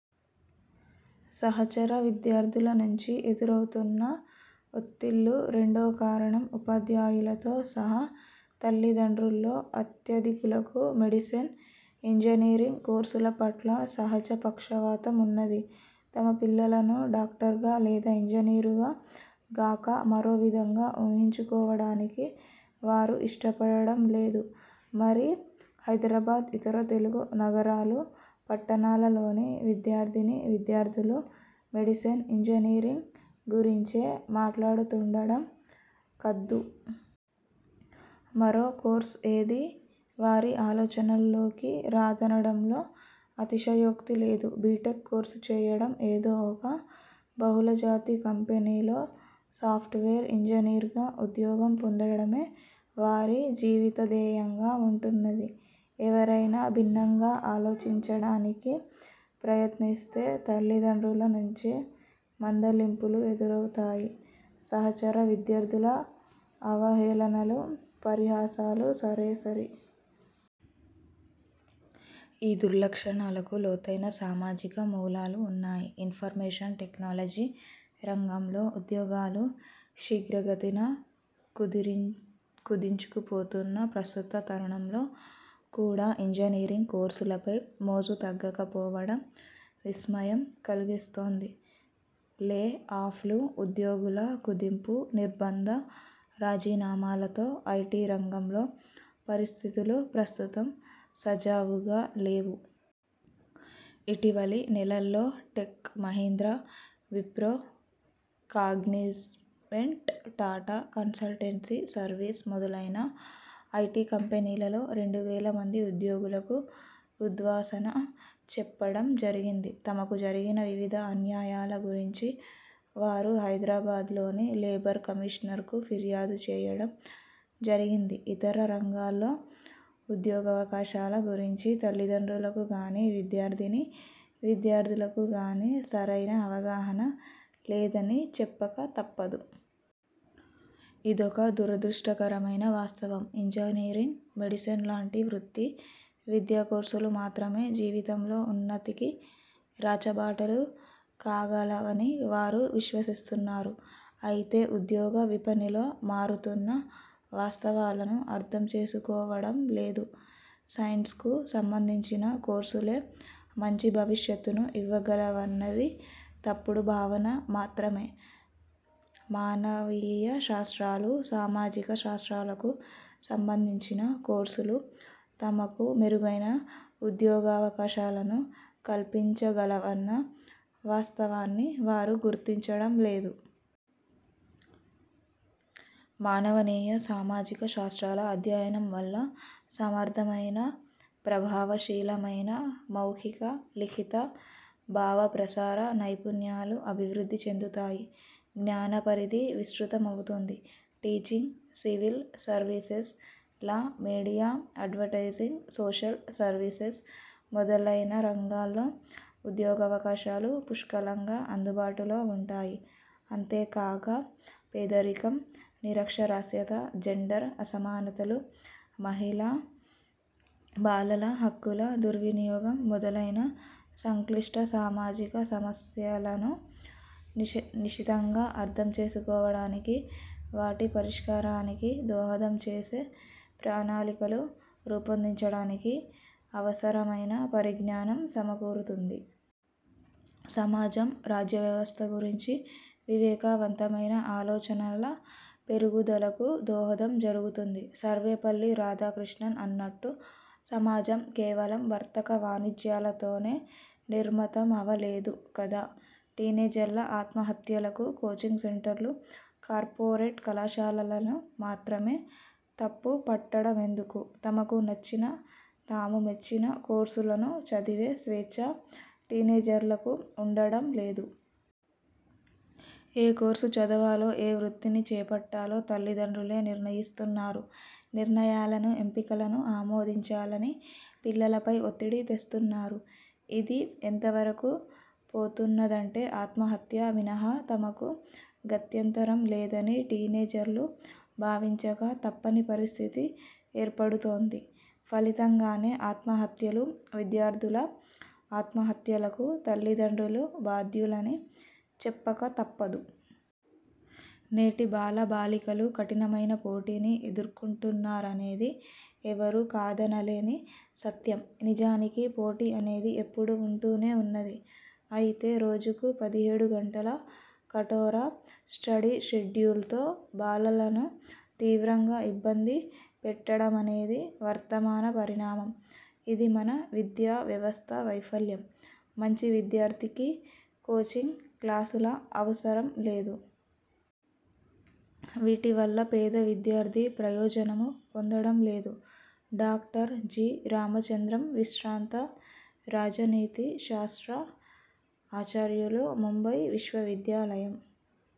సహచర విద్యార్థుల నుంచి ఎదురవుతున్న ఒత్తిళ్ళు రెండో కారణం. ఉపాధ్యాయులతో సహా తల్లిదండ్రుల్లో అత్యధికులకు మెడిసిన్, ఇంజనీరింగ్ కోర్సుల పట్ల సహజ పక్షపాతం వున్నది. తమ పిల్లలను డాక్టర్గా లేదా ఇంజనీరుగా గాక మరో విధంగా ఊహించుకోవడానికి వారు ఇష్టపడడం లేదు మరి. హైదరాబాద్, ఇతర తెలుగు నగరాలు, పట్టణాలలోని విద్యార్థినీ విద్యార్థులు మెడిసిన్, ఇంజనీరింగ్ గురించే మాట్లాడుతుండడం కద్దు. మరో కోర్సు ఏదీ వారి ఆలోచనల్లోకి రాదనడంలో అతిశయోక్తి లేదు. బీటెక్ కోర్సు చేయడం, ఏదో ఒక బహుళజాతి కంపెనీలో సాఫ్ట్వేర్ ఇంజనీర్గా ఉద్యోగం పొందడమే వారి జీవితధ్యేయంగా వుంటున్నది. ఎవరైనా భిన్నంగా ఆలోచించడానికి ప్రయత్నిస్తే తల్లిదండ్రుల నుంచే మందలింపులు ఎదురవుతాయి. సహచర విద్యార్థుల అవహేళనలు, పరిహాసాలు సరే సరి. ఈ దుర్లక్షణాలకు లోతైన సామాజిక మూలాలు వున్నాయి. ఇన్ఫర్మేషన్ టెక్నాలజీ రంగంలో ఉద్యోగాలు శీఘ్రగతిన కుదిరిం కుదించుకుపోతున్న ప్రస్తుత తరుణంలో కూడా ఇంజనీరింగ్ కోర్సులపై మోజు తగ్గకపోవడం విస్మయం కల్గిస్తోంది. లే ఆఫ్లు, ఉద్యోగుల కుదింపు, నిర్బంధ రాజీనామాలతో ఐటీ రంగంలో పరిస్థితులు ప్రస్తుతం సజావుగా లేవు. ఇటీవలి నెలల్లో Tech Mahindra, Wipro, Cognizant, Tata consultancy service మొదలైన ఐటీ కంపెనీలలో రెండు వేల మంది ఉద్యోగులకు ఉద్వాసన చెప్పడం జరిగింది. తమకు జరిగిన వివిధ అన్యాయాల గురించి వారు హైదరాబాద్లోని లేబర్ కమిషనర్కు ఫిర్యాదు చేయడం జరిగింది. ఇతర రంగాల్లో ఉద్యోగావకాశాల గురించి తల్లిదండ్రులకుగానీ, విద్యార్థినీ విద్యార్థులకు గానీ సరైన అవగాహన లేదని చెప్పకతప్పదు. ఇదొక దురదృష్టకరమైన వాస్తవం. ఇంజనీరింగ్, మెడిసిన్ లాంటి వృత్తి విద్యాకోర్సులు మాత్రమే జీవితంలో ఉన్నతికి రాచబాటలు కాగలవని వారు విశ్వసిస్తున్నారు. అయితే ఉద్యోగ విపణిలో మారుతున్న వాస్తవాలను అర్థం చేసుకోవడం లేదు. సైన్స్కు సంబంధించిన కోర్సులే మంచి భవిష్యత్తును ఇవ్వగలవన్నది తప్పుడు భావన మాత్రమే. మానవీయ శాస్త్రాలు, సామాజిక శాస్త్రాలకు సంబంధించిన కోర్సులు తమకు మెరుగైన ఉద్యోగావకాశాలను కల్పించగలవన్న వాస్తవాన్ని వారు గుర్తించడం లేదు. మానవీయ, సామాజిక శాస్త్రాల అధ్యయనం వల్ల సమర్థమైన, ప్రభావశీలమైన మౌఖిక, లిఖిత భావప్రసార నైపుణ్యాలు అభివృద్ధి చెందుతాయి. జ్ఞానపరిధి విస్తృతమవుతుంది. Teaching, civil services, law, media, advertising, social services మొదలైన రంగాల్లో ఉద్యోగావకాశాలు పుష్కలంగా అందుబాటులో వుంటాయి. అంతేగాక పేదరికం, నిరక్షరాస్యత, జెండర్ అసమానతలు, మహిళా, బాలల హక్కుల దుర్వినియోగం మొదలైన సంక్లిష్ట సామాజిక సమస్యలను నిశినిశితంగా అర్థం చేసుకోవడానికి, వాటి పరిష్కారానికి దోహదం చేసే ప్రాణాళికలు రూపొందించడానికి అవసరమైన పరిజ్ఞానం సమకూరుతుంది. సమాజం, రాజ్యవ్యవస్థ గురించి వివేకవంతమైన ఆలోచనల పెరుగుదలకు దోహదం జరుగుతుంది. సర్వేపల్లి రాధా కృష్ణన్ అన్నట్టు సమాజం కేవలం వర్తక వాణిజ్యాలతోనే నిర్మతమవలేదు కదా. టీనేజర్ల ఆత్మ హత్యలకు కోచింగ్ సెంటర్లు, కార్పొరేట్ కళాశాలలను మాత్రమే తప్పు పట్టడమెందుకు? తమకు నచ్చిన, తాము మెచ్చిన కోర్సులను చదివే స్వేచ్ఛ టీనేజర్లకు ఉండడం లేదు. ఏ కోర్సు చదవాలో ఏ వృత్తిని చేపట్టాలో తల్లిదండ్రులే నిర్ణయిస్తున్నారు. నిర్ణయాలను, ఎంపికలను ఆమోదించాలని పిల్లలపై ఒత్తిడి తెస్తున్నారు. ఇది ఎంతవరకు పోతున్నదంటే ఆత్మహత్య మినహా తమకు గత్యంతరం లేదని టీనేజర్లు భావించక తప్పని పరిస్థితి ఏర్పడుతోంది. ఫలితంగానే ఆత్మహత్యలు. విద్యార్థుల ఆత్మహత్యలకు తల్లిదండ్రులు బాధ్యులని చెప్పక తప్పదు. నేటి బాల బాలికలు కఠినమైన పోటీని ఎదుర్కొంటున్నారనేది ఎవరూ కాదనలేని సత్యం. నిజానికి పోటీ అనేది ఎప్పుడూ వుంటూనే వున్నది. అయితే రోజుకు పదిహేడుగంటల కఠోర స్టడీషెడ్యూల్తో బాలలను తీవ్రంగా ఇబ్బంది పెట్టడమనేది వర్తమాన పరిణామం. ఇది మన విద్యా వ్యవస్థ వైఫల్యం. మంచి విద్యార్థికి కోచింగ్ క్లాసుల అవసరం లేదు. వీటివల్ల పేద విద్యార్థి ప్రయోజనమూ పొందడం లేదు. Doctor G. రామచంద్రంవిశ్రాంత రాజనీతి శాస్త్ర ఆచార్యులు, ముంబై విశ్వవిద్యాలయం